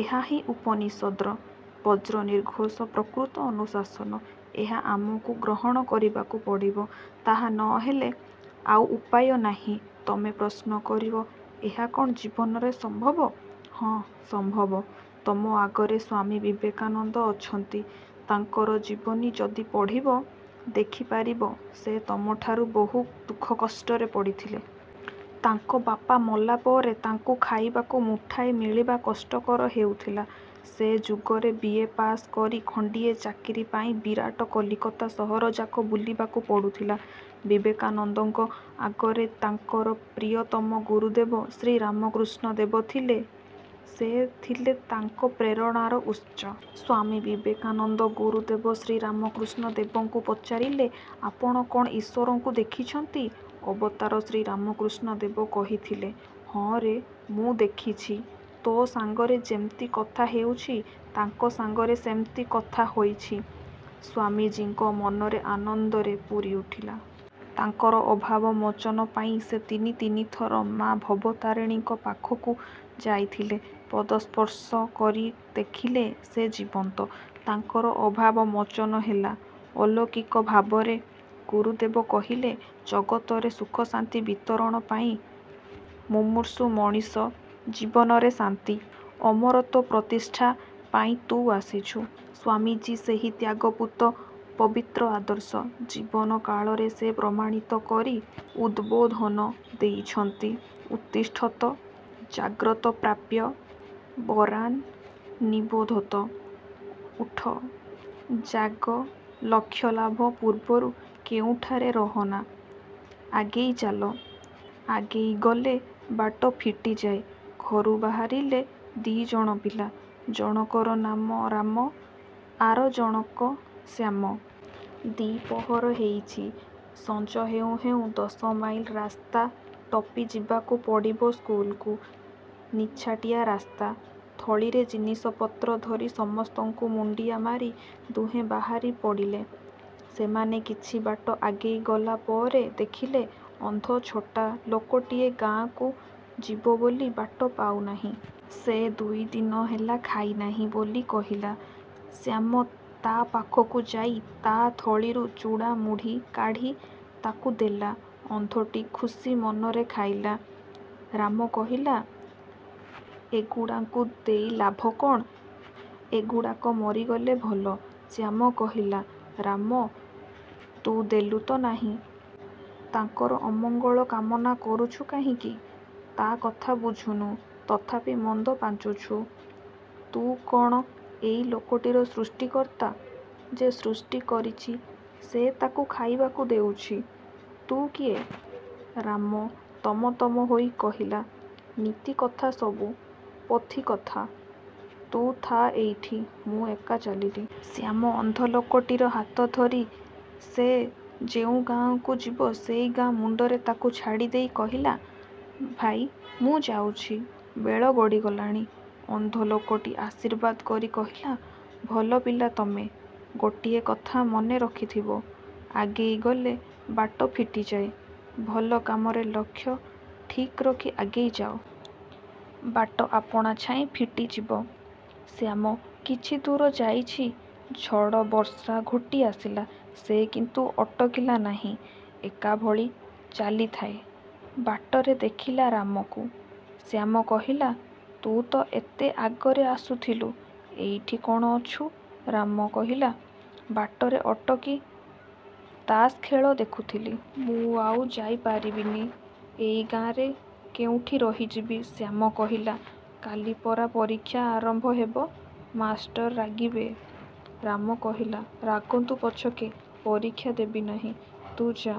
ଏହାହିଁ ଉପନିଷଦ୍ର ବଜ୍ର ନିର୍ଘୋଷ-ପ୍ରକୃତ ଅନୁଶାସନ। ଏହା ଆମକୁ ଗ୍ରହଣ କରିବାକୁ ପଡ଼ିବ। ତାହା ନ ହେଲେ ଆଉ ଉପାୟ ନାହିଁ। ତମେ ପ୍ରଶ୍ନ କରିବ ଏହା କ'ଣ ଜୀବନରେ ସମ୍ଭବ? ହଁ। ସମ୍ଭବ। ତମ ଆଗରେ ସ୍ୱାମୀ ବିବେକାନନ୍ଦ ଅଛନ୍ତି। ତାଙ୍କର ଜୀବନୀ ଯଦି ପଢ଼ିବ, ଦେଖିପାରିବ ସେ ତମଠାରୁ ବହୁ ଦୁଃଖକଷ୍ଟରେ ପଡ଼ିଥିଲେ। ତାଙ୍କ ବାପା ମଲାପରେ ତାଙ୍କୁ ଖାଇବାକୁ ମୁଠାଏ ମିଳିବା କଷ୍ଟକର ହେଉଥିଲା। ସେ ଯୁଗରେ ବି:ଏ: ପାସ୍ କରି ଖଣ୍ଡିଏ ଚାକିରିପାଇଁ ବିରାଟ କଲିକତା ସହରଯାକ ବୁଲିବାକୁ ପଡ଼ୁଥିଲା। ବିବେକାନନ୍ଦଙ୍କ ଆଗରେ ତାଙ୍କର ପ୍ରିୟତମ ଗୁରୁଦେବ ଶ୍ରୀରାମକୃଷ୍ଣ ଦେବ ଥିଲେ। ସେ ଥିଲେ ତାଙ୍କ ପ୍ରେରଣାର ଉତ୍ସ। ସ୍ୱାମୀ ବିବେକାନନ୍ଦ ଗୁରୁଦେବ ଶ୍ରୀରାମକୃଷ୍ଣ ଦେବଙ୍କୁ ପଚାରିଲେ, ''ଆପଣ କ'ଣ ଈଶ୍ୱରଙ୍କୁ ଦେଖିଛନ୍ତି? '' ଅବତାର ଶ୍ରୀରାମକୃଷ୍ଣ ଦେବ କହିଥିଲେ, ''ହଁରେ, ମୁଁ ଦେଖିଛି। ତୋ ସାଙ୍ଗରେ ଯେମିତି କଥା ହେଉଛି, ତାଙ୍କ ସାଙ୍ଗରେ ସେମିତି କଥା ହୋଇଛି। '' ସ୍ୱାମୀଜୀଙ୍କ ମନ ଆନନ୍ଦରେ ପୂରି ଉଠିଲା। ତାଙ୍କର ଅଭାବ ମୋଚନ ପାଇଁ ସେ ତିନି ତିନିଥର ମା ଭବତାରିଣୀଙ୍କ ପାଖକୁ ଯାଇଥିଲେ। ପଦସ୍ପର୍ଶ କରି ଦେଖିଲେ ସେ ଜୀବନ୍ତ। ତାଙ୍କର ଅଭାବ ମୋଚନ ହେଲା ଅଲୌକିକ ଭାବରେ। ଗୁରୁଦେବ କହିଲେ, ''ଜଗତରେ ସୁଖଶାନ୍ତି ବିତରଣ ପାଇଁ, ମୁମୂର୍ଷୁ ମଣିଷ-ଜୀବନରେ ଶାନ୍ତି, ଅମରତ୍ୱ ପ୍ରତିଷ୍ଠା ପାଇଁ ତୁ ଆସିଛୁ। '' ସ୍ୱାମୀଜୀ ସେହି ତ୍ୟାଗପୂତ ପବିତ୍ର ଆଦର୍ଶ। ଜୀବନ କାଳରେ ସେ ପ୍ରମାଣିତ କରି ଉଦବୋଧନ ଦେଇଛନ୍ତି-''ଉତ୍ତିଷ୍ଠତ ଜାଗ୍ରତ ପ୍ରାପ୍ୟ ବରାନ୍ ନିବୋଧତ''-ଉଠ, ଜାଗ, ଲକ୍ଷ୍ୟ ଲାଭ ପୂର୍ବରୁ କେଉଁଠାରେ ରହନା, ଆଗେଇ ଚାଲ। ଆଗେଇଗଲେ ବାଟ ଫିଟିଯାଏ ଘରୁ ବାହାରିଲେ ଦିଜଣ ପିଲା। ଜଣକର ନାମ ରାମ, ଆର ଜଣକ ଶ୍ୟାମ। ଦ୍ୱିପହର ହେଇଛି; ସଞ୍ଜ ହେଉଁ ହେଉଁ ଦଶମାଇଲ ରାସ୍ତା ଟପି ଯିବାକୁ ପଡ଼ିବ ସ୍କୁଲକୁ। ନିଛାଟିଆ ରାସ୍ତା। ଥଳିରେ ଜିନିଷପତ୍ର ଧରି ସମସ୍ତଙ୍କୁ ମୁଣ୍ଡିଆ ମାରି ଦୁହେଁ ବାହାରି ପଡ଼ିଲେ। ସେମାନେ କିଛି ବାଟ ଆଗେଇ ଗଲା ପରେ ଦେଖିଲେ ଅନ୍ଧ ଛୋଟା ଲୋକଟିଏ ଗାଁକୁ ଯିବ ବୋଲି ବାଟ ପାଉନାହିଁ। ସେ ଦୁଇଦିନ ହେଲା ଖାଇନାହିଁ ବୋଲି କହିଲା। ଶ୍ୟାମ ତା ପାଖକୁ ଯାଇ ତା ଥଳିରୁ ଚୂଡ଼ା-ମୁଢ଼ି କାଢ଼ି ତାକୁ ଦେଲା। ଅନ୍ଧଟି ଖୁସି ମନରେ ଖାଇଲା। ରାମ କହିଲା-ଏଗୁଡ଼ାଙ୍କୁ ଦେଇ ଲାଭ କଣ? ଏଗୁଡ଼ାକ ମରିଗଲେ ଭଲ। ଶ୍ୟାମ କହିଲା-ରାମ, ତୁ ଦେଲୁତ ନାହିଁ। ତାଙ୍କର ଅମଙ୍ଗଳ କାମନା କରୁଛୁ କାହିଁକି? ତା' କଥା ବୁଝୁନୁ, ତଥାପି ମନ୍ଦ ପାଞ୍ଚୁଛୁ। ତୁ କଣ ଏଇ ଲୋକଟିର ସୃଷ୍ଟିକର୍ତ୍ତା। ଯେ ସୃଷ୍ଟି କରିଛି ସେ ତାକୁ ଖାଇବାକୁ ଦେଉଛି। ତୁ କିଏ? ରାମ ତମ-ତମ ହୋଇ କହିଲା-ନୀତିକଥା ସବୁ ପୋଥି-କଥା। ତୁ ଥା ଏଇଠି, ମୁଁ ଏକା ଚାଲିଲି। ଶ୍ୟାମ ଅନ୍ଧଲୋକଟିର ହାତ ଧରି ସେ ଯେଉଁ ଗାଁକୁ ଯିବ ସେଇ ଗାଁ ମୁଣ୍ଡରେ ତାକୁ ଛାଡ଼ିଦେଇ କହିଲା-''ଭାଇ, ମୁଁ ଯାଉଛି, ବେଳ ଗଡ଼ିଗଲାଣି। '' ଅନ୍ଧଲୋକଟି ଆଶୀର୍ବାଦ କରି କହିଲା-''ଭଲ ପିଲା ତମେ। ଗୋଟିଏ କଥା ମନେ ରଖିଥିବ-ଆଗେଇ ଗଲେ ବାଟ ଫିଟିଯାଏ। ଭଲ କାମରେ ଲକ୍ଷ୍ୟ ଠିକ୍ ରଖି ଆଗେଇ ଯାଅ। ବାଟ ଆପଣାଛାଏଁ ଫିଟିଯିବ। '' ଶ୍ୟାମ କିଛିଦୂର ଯାଇଛି, ଝଡ଼ ବର୍ଷା ଘୋଟି ଆସିଲା। ସେ କିନ୍ତୁ ଅଟକିଲା ନାହିଁ ଏକାଭଳି ଚାଲିଥାଏ। ବାଟରେ ଦେଖିଲା ରାମକୁ। ଶ୍ୟାମ କହିଲା,-''ତୁ ତ ଏତେ ଆଗରେ ଆସୁଥିଲୁ, ଏଇଠି କଣ ଅଛୁ? '' ରାମ କହିଲା-''ବାଟରେ ଅଟକି ତାସଖେଳ ଦେଖୁଥିଲି। ମୁଁ ଆଉ ଯାଇ ପାରିବିନି। ଏଇ ଗାଁରେ କେଉଁଠି ରହିଯିବି। '' ଶ୍ୟାମ କହିଲା-''କାଲି ପରା ପରୀକ୍ଷା ଆରମ୍ଭ ହେବ। ମାଷ୍ଟର ରାଗିବେ। '' ରାମ କହିଲା-''ରାଗନ୍ତୁ ପଛକେ ପରୀକ୍ଷା ଦେବି ନାହିଁ, ତୁ ଯା,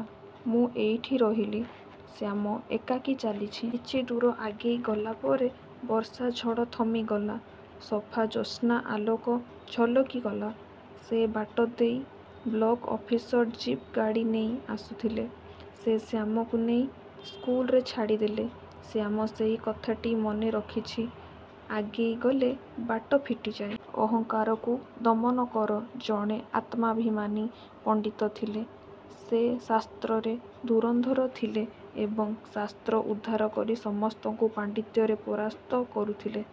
ମୁଁ ଏଇଠି ରହିଲି। '' ଶ୍ୟାମ ଏକାକୀ ଚାଲିଛି। କିଛି ଦୂର ଆଗେଇ ଗଲାପରେ ବର୍ଷା ଝଡ଼ ଥମିଗଲା। ସଫା ଜ୍ୟୋତ୍ସ୍ନା ଆଲୋକ ଝଲକି ଗଲା। ସେ ବାଟ ଦେଇ ବ୍ଲକ-ଅଫିସର ଜିପ୍ ଗାଡ଼ି ନେଇ ଆସୁଥିଲେ। ସେ ଶ୍ୟାମକୁ ନେଇ ସ୍କୁଲରେ ଛାଡ଼ିଦେଲେ। ଶ୍ୟାମ ସେଇ କଥାଟି ମନେ ରଖିଛି-'ଆଗେଇ ଗଲେ ବାଟ ଫିଟିଯାଏ। ' ଅହଂକାରକୁ ଦମନ କର ଜଣେ ଆତ୍ମାଭିମାନୀ ପଣ୍ଡିତ ଥିଲେ। ସେ ଶାସ୍ତ୍ରରେ ଧୁରନ୍ଧର ଥିଲେ ଏବଂ ଶାସ୍ତ୍ର ଉଦ୍ଧାର କରି ସମସ୍ତଙ୍କୁ ପାଣ୍ଡିତ୍ୟରେ ପରାସ୍ତ କରୁଥିଲେ।